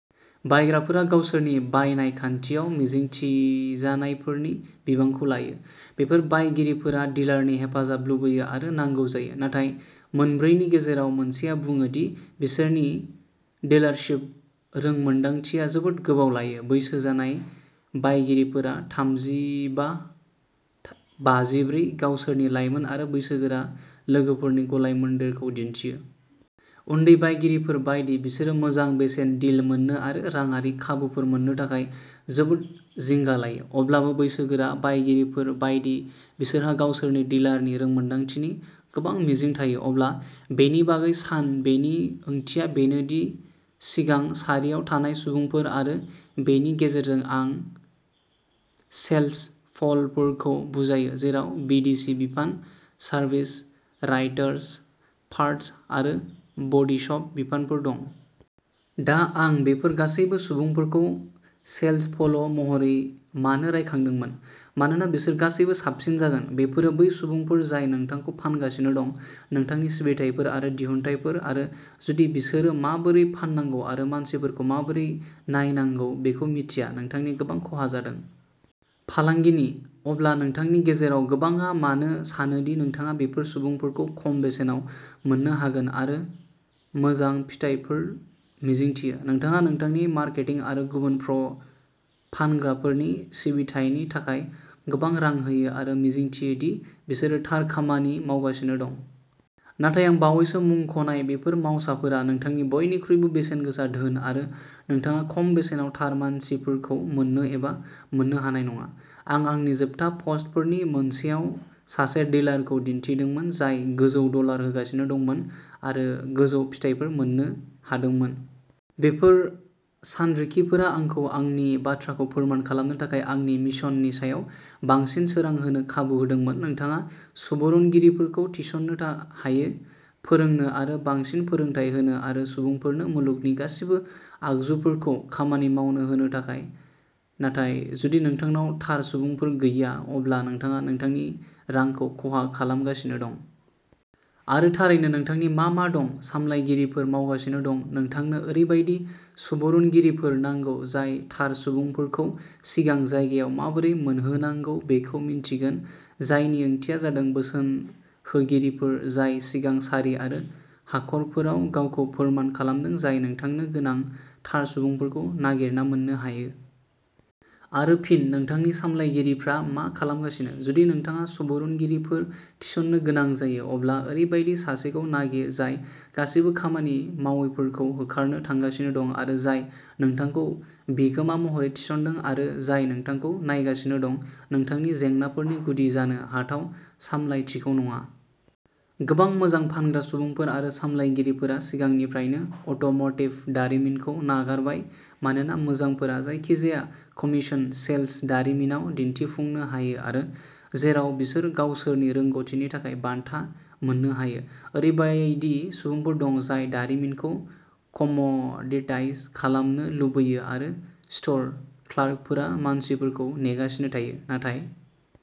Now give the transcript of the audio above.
बायग्राफोरा गावसोरनि बायनाय खान्थियाव मिजिंथिजानायफोरनि बिबांखौ लायो। बेफोर बायगिरिफोरा डिलारनि हेफाजाब लुबैयो आरो नांगौ जायो, नाथाय मोनब्रैनि गेजेराव सासेया बुङो दि बिसोरनि डिलारशिप रोंमोन्दांथिया जोबोद गोबाव लायो। बैसो जानाय बायगिरिफोरा थामजिबा बाजिब्रै गावसोरनि लाइमोन आरो बैसोगोरा लोगोफोरनि गलायमोन्देरखौ दिन्थियो। उन्दै बायगिरिफोर बायदि, बिसोरो मोजां बेसेन डिल मोन्नो आरो राङारि खाबुफोर मोन्नो थाखाय जोबोद जिंगा लायो। अब्लाबो बैसोगोरा बायगिरिफोर बायदि, बिसोरहा गावसोरनि डिलारनि रोंमोन्दांथिनि गोबां मिजिं थायो। अब्ला बेनि बागै सान। बेनि ओंथिया बेनो दि सिगां सारियाव थानाय सुबुंफोर आरो बेनि गेजेरजों आं सेल्सप'लफोरखौ बुजायो, जेराव बि डि सि बिफान, सार्भिस राइटार्स, पार्ट्स आरो बडी शप बिफानफोर दं। दा आं बेफोर गासैबो सुबुंफोरखौ सेल्सप'ल महरै मानो रायखांदोंमोन? मानोना बिसोर गासैबो साबसिन जागोन। बेफोरो बै सुबुंफोर जाय नोंथांखौ फानगासिनो दं, नोंथांनि सिबिथाइफोर आरो दिहुनथायफोर आरो जुदि बिसोरो माबोरै फाननांगौ आरो मानसिफोरखौ माबोरै नायनांगौ बेखौ मिथिया-नोंथांनि गोबां खहा जादों। फालांगिनि। अब्ला नोंथांनि गेजेराव गोबांआ मानो सानो दि नोंथाङा बेफोर सुबुंफोरखौ खम बेसेनाव मोन्नो हागोन आरो मोजां फिथायफोर मिजिंथियो। नोंथाङा नोंथांनि मार्केटिं आरो गुबुन फ्र फानग्राफोरनि सिबिथायनि थाखाय गोबां रां होयो आरो मिजिंथियो दि बिसोरो थार खामानि मावगासिनो दं। नाथाय आं बावैसो मुंख'नाय बेफोर मावसाफोरा नोंथांनि बयनिख्रुइबो बेसेनगोसा धोन आरो नोंथाङा खम बेसेनाव थार मानसिफोरखौ मोन्नो एबा मोन्नो हानाय नङा। आं आंनि जोबथा पस्टफोरनि मोनसेयाव सासे डिलारखौ दिन्थिदोंमोन जाय गोजौ डलार होगासिनो दंमोन आरो गोजौ फिथायफोर मोन्नो हादोंमोन। बेफोर सानरिखिफोरा आंखौ आंनि बाथ्राखौ फोरमान खालामनो थाखाय आंनि मिशननि सायाव बांसिन सोरां होनो खाबु होदोंमोन। नोंथाङा सुबुरुनगिरिफोरखौ थिसननो था हायो, फोरोंनो आरो बांसिन फोरोंथाय होनो आरो सुबुंफोरनो मुलुगनि गासिबो आगजुफोरखौ खामानि मावनो होनो थाखाय, नाथाय जुदि नोंथांनाव थार सुबुंफोर गैया, अब्ला नोंथाङा नोंथांनि रांखौ खहा खालामगासिनो दं। आरो थारैनो नोंथांनि मा मा दं? सामलायगिरिफोर मावगासिनो दं? नोंथांनो ओरैबायदि सुबुरुनगिरिफोर नांगौ जाय थार सुबुंफोरखौ सिगां जायगायाव माबोरै मोनहोनांगौ बेखौ मिन्थिगोन जायनि ओंथिया जादों बोसोनहोगिरिफोर जाय सिगां सारि आरो हाखरफोराव गावखौ फोरमान खालामदों जाय नोंथांनो गोनां थार सुबुंफोरखौ नागिरना मोन्नो हायो। आरो फिन, नोंथांनि सामलायगिरिफ्रा मा खालामगासिनो? जुदि नोंथाङा सुबुरुनगिरिफोर थिसननो गोनां जायो, अब्ला ओरैबायदि सासेखौ नागिर जाय गासिबो खामानि मावैफोरखौ होखारनो थांगासिनो दं आरो जाय नोंथांखौ बिगोमा महरै थिसनदों आरो जाय नोंथांखौ नायगासिनो दं, नोंथांनि जेंनाफोरनि गुदि जानो हाथाव सामलायथिखौ नङा। गोबां मोजां फानग्रा सुबुंफोर आरो सामलायगिरिफोरा सिगांनिफ्रायनो अट'म'टिभ दारिमिनखौ नागारबाय मानोना मोजांफोरा जायखिजाया कमीशन सेल्स दारिमिनाव दिन्थिफुंनो हायो आरो जेराव बिसोर गावसोरनि रोंग'थिनि थाखाय बान्था मोननो हायो। ओरैबायदि सुबुंफोर दं जाय दारिमिनखौ कम'डिटाइज खालामनो लुबैयो आरो स्ट'र क्लार्कफोरा मानसिफोरखौ नेगासिनो थायो। नाथाय